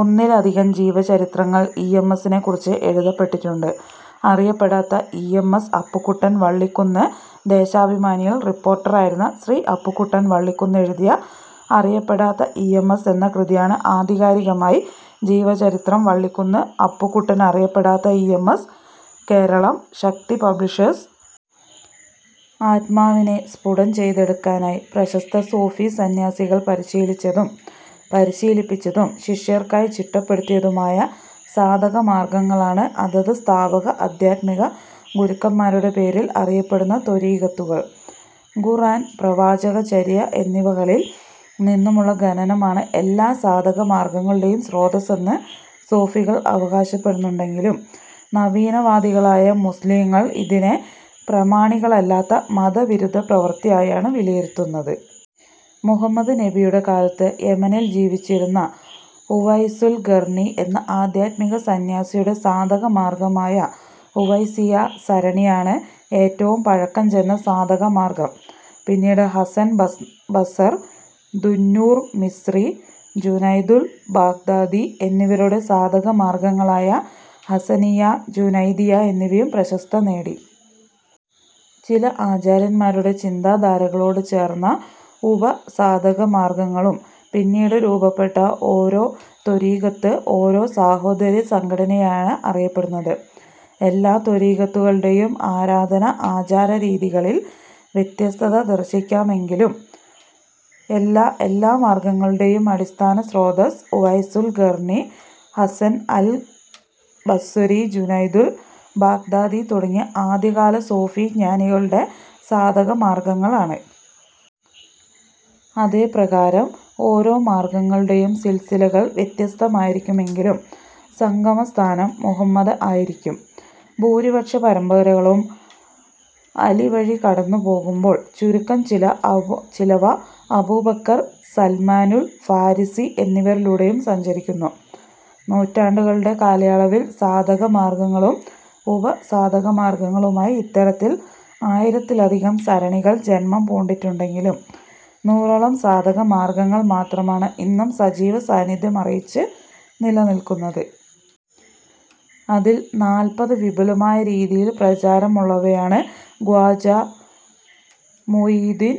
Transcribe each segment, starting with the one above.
ഒന്നിലധികം ജീവചരിത്രങ്ങൾ E. M. എസിനെക്കുറിച്ച് എഴുതപ്പെട്ടിട്ടുണ്ട്. അറിയപ്പെടാത്ത E. M. S Appukuttan Vallikkunnu. ദേശാഭിമാനിയിൽ റിപ്പോർട്ടറായിരുന്ന ശ്രീ അപ്പുക്കുട്ടൻ വള്ളിക്കുന്ന് എഴുതിയ അറിയപ്പെടാത്ത ഇ. എം. എസ് എന്ന കൃതിയാണ് ആധികാരികമായി ജീവചരിത്രം. വള്ളിക്കുന്ന്, അപ്പുക്കുട്ടൻ. അറിയപ്പെടാത്ത E. M. S. Keralam: Shakti publishers.. ആത്മാവിനെ സ്ഫുടം ചെയ്തെടുക്കാനായി പ്രശസ്ത സൂഫി സന്യാസികൾ പരിശീലിച്ചതും, പരിശീലിപ്പിച്ചതും, ശിഷ്യർക്കായി ചിട്ടപ്പെടുത്തിയതുമായ സാധക മാർഗ്ഗങ്ങളാണ് അതത് സ്ഥാപക ആധ്യാത്മിക ഗുരുക്കന്മാരുടെ പേരിൽ അറിയപ്പടുന്ന ത്വരീഖത്തുകൾ. ഖുർആൻ, പ്രവാചക ചര്യ എന്നിവകളിൽ നിന്നുമുള്ള ഖനനമാണ് എല്ലാ സാധക മാർഗ്ഗങ്ങളുടെയും സ്രോതസ്സെന്നു സൂഫികൾ അവകാശപ്പെടുന്നുണ്ടെങ്കിലും നവീന വാദികളായ മുസ്ലിങ്ങൾ ഇതിനെ പ്രമാണികമല്ലാത്ത മത വിരുദ്ധ പ്രവൃത്തി ആയാണ് വിലയിരുത്തുന്നത്. മുഹമ്മദ് നബിയുടെ കാലത്ത് യമനിൽ ജീവിച്ചിരുന്ന ഉവൈസുൽ ഖർനി എന്ന ആധ്യാത്മിക സന്യാസിയുടെ സാധക മാർഗ്ഗമായ ഉവൈസിയ്യ സരണിയാണ് ഏറ്റവും പഴക്കം ചെന്ന സാധക മാർഗ്ഗം. പിന്നീട് Hasan Basr, Dunnur Misri, Junaidul Baghdadi എന്നിവരുടെ സാധക മാർഗ്ഗങ്ങളായ ഹസ്സനിയ്യ ജുനൈദിയ്യ എന്നിവയും പ്രശസ്തി നേടി. ഓരോ ആചാര്യന്മാരുടെ ചിന്താധാരകളോട് ചേർന്ന് ഉപ സാധക മാർഗ്ഗങ്ങളും പിന്നീട് രൂപപ്പെട്ടു. ഓരോ ത്വരീഖത്തും ഓരോ സാഹോദര്യ സംഘടനയായാണ് അറിയപ്പെടുന്നത്. എല്ലാ ത്വരീഖത്തുകളുടെയും ആരാധന ആചാര രീതികളിൽ വ്യത്യസ്തത ദർശിക്കാമെങ്കിലും എല്ലാ എല്ലാമാർഗ്ഗങ്ങളുടെയും അടിസ്ഥാന സ്രോതസ്സ് ഉവൈസുൽ ഖർനി, ഹസ്സൻ അൽ ബസ്വരി ജുനൈദുൽ ബാഗ്ദാദി തുടങ്ങിയ ആദ്യ കാല സൂഫി ജ്ഞാനികളുടെ സാധക മാർഗ്ഗങ്ങളാണ്. അതേ പ്രകാരം ഓരോ മാർഗ്ഗങ്ങളുടെയും സിൽസിലകൾ വ്യത്യസ്തമായിരിക്കുമെങ്കിലും സംഗമ സ്ഥാനം മുഹമ്മദ് ആയിരിക്കും. ഭൂരിപക്ഷ പരമ്പരകളും അലി വഴി കടന്നു പോകുമ്പോൾ ചുരുക്കം ചിലവ അബൂബക്കർ, സൽമാനുൽ ഫാരിസി എന്നിവരിലൂടെയും സഞ്ചരിക്കുന്നു. നൂറ്റാണ്ടുകളുടെ കാലയളവിൽ സാധക മാർഗ്ഗങ്ങളും ഉപ സാധക മാർഗ്ഗങ്ങളുമായി ഇത്തരത്തിൽ ആയിരത്തിലധികം സരണികൾ ജന്മം പൂണ്ടിട്ടുണ്ടെങ്കിലും നൂറോളം സാധക മാർഗ്ഗങ്ങൾ മാത്രമാണ് ഇന്നും സജീവ സാന്നിധ്യമറിയിച്ചു നിലനിൽക്കുന്നത്. അതിൽ നാൽപത് വിപുലമായ രീതിയിൽ പ്രചാരമുള്ളവയാണ്. ഖ്വാജാ മുഈനുദ്ദീൻ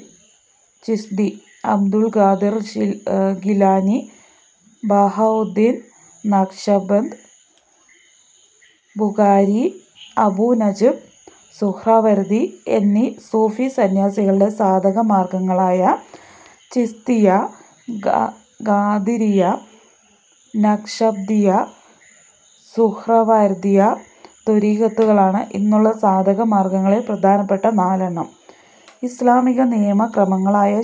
ചിശ്തി, അബ്ദുൽ ഖാദിർ ഗീലാനി, ബഹാഉദ്ദീൻ നഖ്ശ്ബന്ദ് ബുഖാരി, അബൂ നജ്ബ് സുഹ്റവര്ദി എന്നീ സൂഫി സന്യാസികളുടെ സാധക മാർഗ്ഗങ്ങളായ ചിശ്തിയ്യ, ഖാദിരിയ്യ, നഖ്ശ്ബന്ദിയ്യ, സുഹ്റവര്ദിയ്യ ത്വരീഖത്തുകളാണ് ഇന്നുള്ള സാധക മാർഗ്ഗങ്ങളിൽ പ്രധാനപ്പെട്ട നാലെണ്ണം. ഇസ്ലാമിക നിയമ ക്രമങ്ങളായ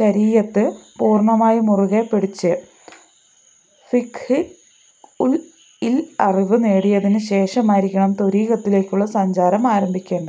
ശരീയത്ത് പൂർണ്ണമായി മുറുകെ പിടിച്ചു ഫിഖ്ഹ് ഇൽ അറിവ് നേടിയതിനു ശേഷമായിരിക്കണം ത്വരീഖത്തിലേക്കുള്ള സഞ്ചാരം ആരംഭിക്കേണ്ടത്.